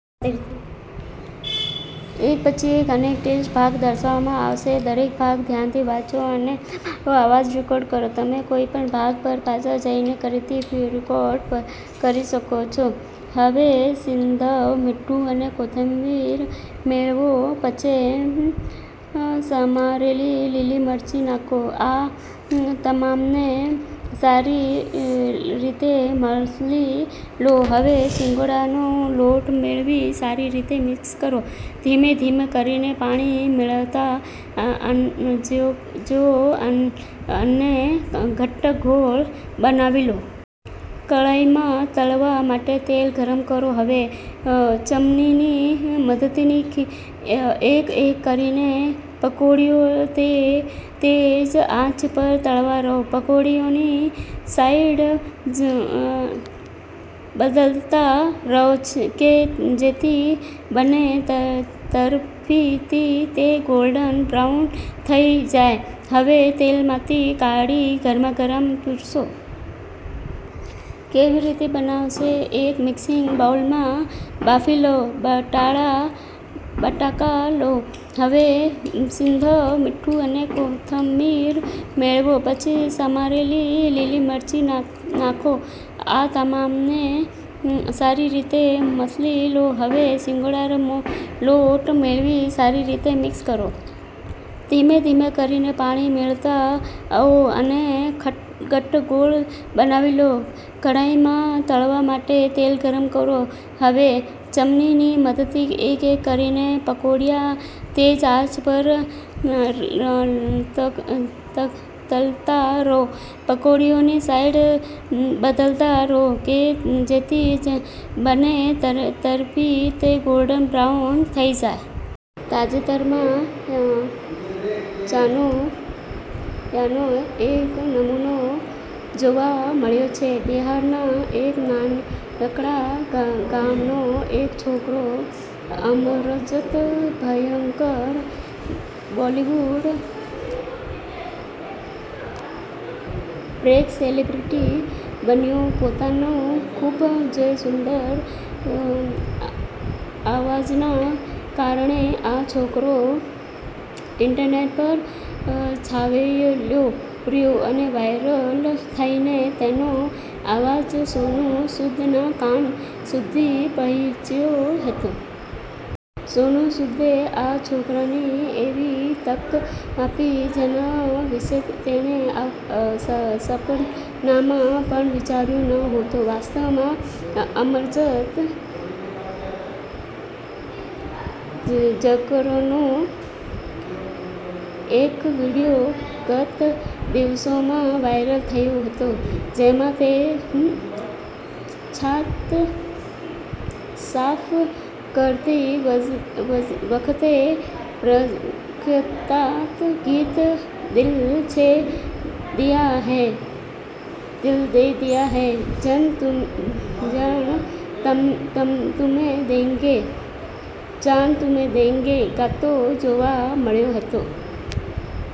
હવે સિંધવ મીઠું અને કોથમીર મેળવો.. પછી સમારેલી લીલી મરચી નાંખો.. આ તમામને સારી રીતે મસળી લો.. હવે સિંગોડાનો લોટ મેળવી સારી રીતે મિક્સ કરો.. ધીમે-ધીમે કરીને પાણી મેળવતા જાઓ અને ઘટ્ટ ઘોળ બનાવી લો.. કઢાઈમાં તળવા માટે તેલ ગરમ કરો.. હવે ચમચીની મદદથી એક-એક કરીને પકોડીઓ તેજ આંચ પર તળતા રહો.. પકોડીઓની સાઇડ બદલતા રહો કે જેથી બંને તરફથી તે ગોલ્ડન બ્રાઉન થઈ જાય.. હવે તેલમાંથી કાઢી ગરમા-ગરમ પિરસો. કેવી રીતે બનાવશો?. એક મિક્સિંગ બાઉલમાં બાફેલા બટાકા લો.. હવે સિંધવ મીઠું અને કોથમીર મેળવો.. પછી સમારેલી લીલી મરચી નાંખો.. આ તમામને સારી રીતે મસળી લો.. હવે સિંગોડાનો લોટ મેળવી સારી રીતે મિક્સ કરો.. ધીમે-ધીમે કરીને પાણી મેળવતા જાઓ અને ઘટ્ટ ઘોળ બનાવી લો.. કઢાઈમાં તળવા માટે તેલ ગરમ કરો.. હવે ચમચીની મદદથી એક-એક કરીને પકોડીઓ તેજ આંચ પર તળતા રહો.. પકોડીઓની સાઇડ બદલતા રહો કે જેથી બંને તરફથી તે ગોલ્ડન બ્રાઉન થઈ જાય.. તાજેતરમાં આનો એક નમૂનો જોવા મળ્યો છે. બિહારના એક નાનકડા ગામનો એક છોકરો Amarjeet Jaykar Bollywood break celebrity બન્યો. પોતાના ખૂબ જ સુંદર અવાજના કારણે આ છોકરો ઈન્ટરનેટ પર છવાયેલો રહ્યો અને વાયરલ થઈને તેનો અવાજ સોનુ સૂદ ના કાન સુધી પહોંચ્યો હતો. સોનુ સૂદે આ છોકરાને એવી તક આપી, જેના વિશે તેણે સપનામાં પણ વિચાર્યું ન હોય. વાસ્તવમાં, અમરજીત જાકરનો એક વીડિયો ગત દિવસોમાં વાયરલ થયો હતો, જેમાં તે દાંત સાફ કરતી વખતે પ્રખ્યાત ગીત 'દિલ દે દિયા હૈ જાન તુમ્હે દેંગે' ગાતો જોવા મળ્યો હતો.